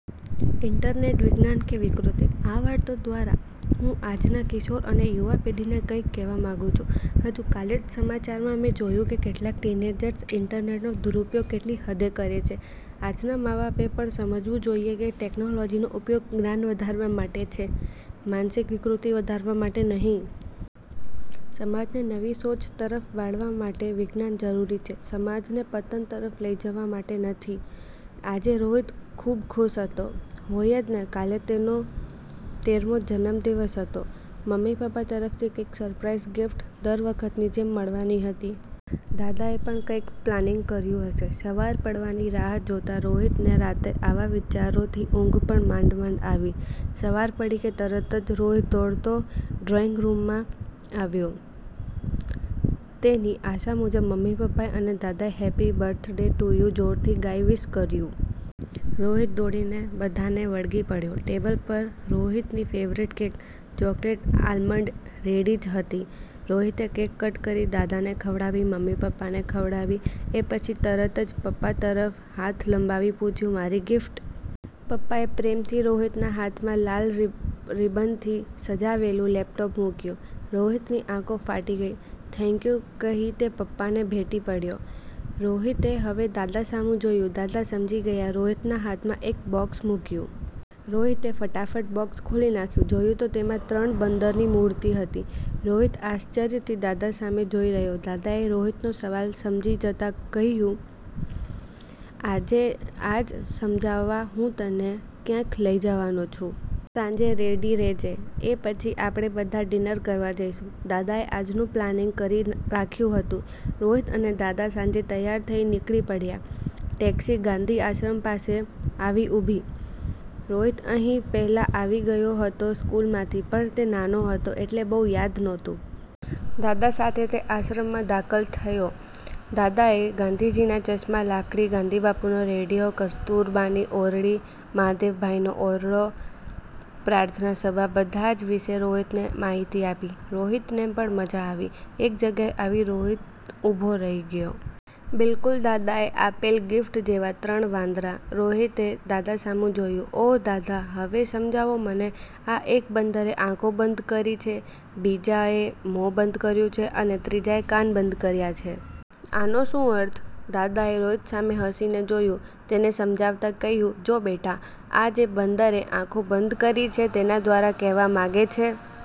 Internet વિજ્ઞાન કે વિકૃતિ?: આ વાર્તા દ્વારા હું આજના કિશોર અને યુવાપેઢીને કંઈક કહેવા માંગુ છું. હજુ કાલે જ સમાચારમાં મેં જોયું કે કેટલાક ટીનેજર્સ ઈન્ટરનેટનો દુરુપયોગ કેટલી હદે કરે છે. આજના મા-બાપએ પણ સમજવું જોઈએ કે ટેક્નોલોજીનો ઉપયોગ જ્ઞાન વધારવા માટે છે, માનસિક વિકૃતિ વધારવા માટે નહિ. સમાજને નવી સોચ તરફ વાળવા માટે વિજ્ઞાન જરૂરી છે, સમાજને પતન તરફ લઈ જવા માટે નથી. આજે રોહિત ખૂબ ખુશ હતો. હોય જ ને, કાલે તેનો તેરમો જન્મદિવસ હતો. મમ્મી-પપ્પા તરફથી કંઈક સરપ્રાઈઝ ગિફ્ટ દર વખતની જેમ મળવાની હતી. દાદાએ પણ કંઈક પ્લાનિંગ કર્યું હશે. સવાર પડવાની રાહ જોતા રોહિતને રાતે આવા વિચારોથી ઊંઘ પણ માંડ-માંડ આવી. સવાર પડી કે તરત જ રોહિત દોડતો ડ્રોઈંગરૂમમાં આવ્યો. તેની આશા મુજબ મમ્મી-પપ્પા અને દાદાએ હેપી બર્થડે ટુ યુ જોરથી ગાઈ વિશ કર્યું. રોહિત દોડીને બધાને વળગી પડ્યો. ટેબલ પર રોહિતની favourite cake chocolate almond ready જ હતી. રોહિતે કેક કટ કરી, દાદાને ખવડાવી, મમ્મી-પપ્પાને ખવડાવી. એ પછી તરત જ પપ્પા તરફ હાથ લંબાવી પૂછ્યું, "મારી ગિફ્ટ?" પપ્પાએ પ્રેમથી રોહિતના હાથમાં લાલ રિબનથી સજાવેલું લેપટોપ મૂક્યું. રોહિતની આંખો ફાટી ગઈ. થેન્ક યુ કહી તે પપ્પાને ભેટી પડ્યો. રોહિતે હવે દાદા સામુ જોયું, દાદા સમજી ગયા. રોહિતના હાથમાં એક બોક્સ મૂક્યું. રોહિતે ફટાફટ બોક્સ ખોલી નાખ્યું, જોયું તો તેમાં ત્રણ બંદરની મૂર્તિ હતી. રોહિત આશ્ચર્યથી દાદા સામે જોઈ રહ્યો. દાદાએ રોહિતનો સવાલ સમજી જતાં કહ્યું, "આજે આ જ સમજાવવા હું તને ક્યાંક લઈ જવાનો છું. સાંજે રેડી રહેજે. એ પછી આપણે બધા ડિનર કરવા જઈશું." દાદાએ આજનું પ્લાનિંગ કરી રાખ્યું હતું. રોહિત અને દાદા સાંજે તૈયાર થઈ નીકળી પડ્યા. ટેક્ષી ગાંધીઆશ્રમ પાસે આવી ઊભી. રોહિત અહીં પહેલા આવી ગયો હતો સ્કુલમાંથી, પણ તે નાનો હતો એટલે બહુ યાદ નહોતું. દાદા સાથે તે આશ્રમમાં દાખલ થયો. દાદાએ ગાંધીજીના ચશ્મા, લાકડી, ગાંધીબાપુનો રેડીયો, કસ્તુરબાની ઓરડી, મહાદેવભાઈનો ઓરડો, પ્રાર્થના સભા બધા જ વિશે રોહિતને માહિતી આપી. રોહિતને પણ મજા આવી. એક જગ્યાએ આવી રોહિત ઊભો રહી ગયો. બિલકુલ, દાદાએ આપેલ ગિફ્ટ જેવા ત્રણ વાંદરા! રોહિતે દાદા સામું જોયું. "ઓહ દાદા! હવે સમજાવો મને, આ એક બંદરે આંખો બંધ કરી છે, બીજાએ મોં બંધ કર્યું છે, અને ત્રીજાએ કાન બંધ કર્યા છે. આનો શું અર્થ?" દાદાએ રોહિત સામે હસી ને જોયું. તેને સમજાવતા કહ્યું, "જો બેટા, આ જે બંદરે આંખો બંધ કરી છે, તેના દ્વારા કહેવા માંગે છે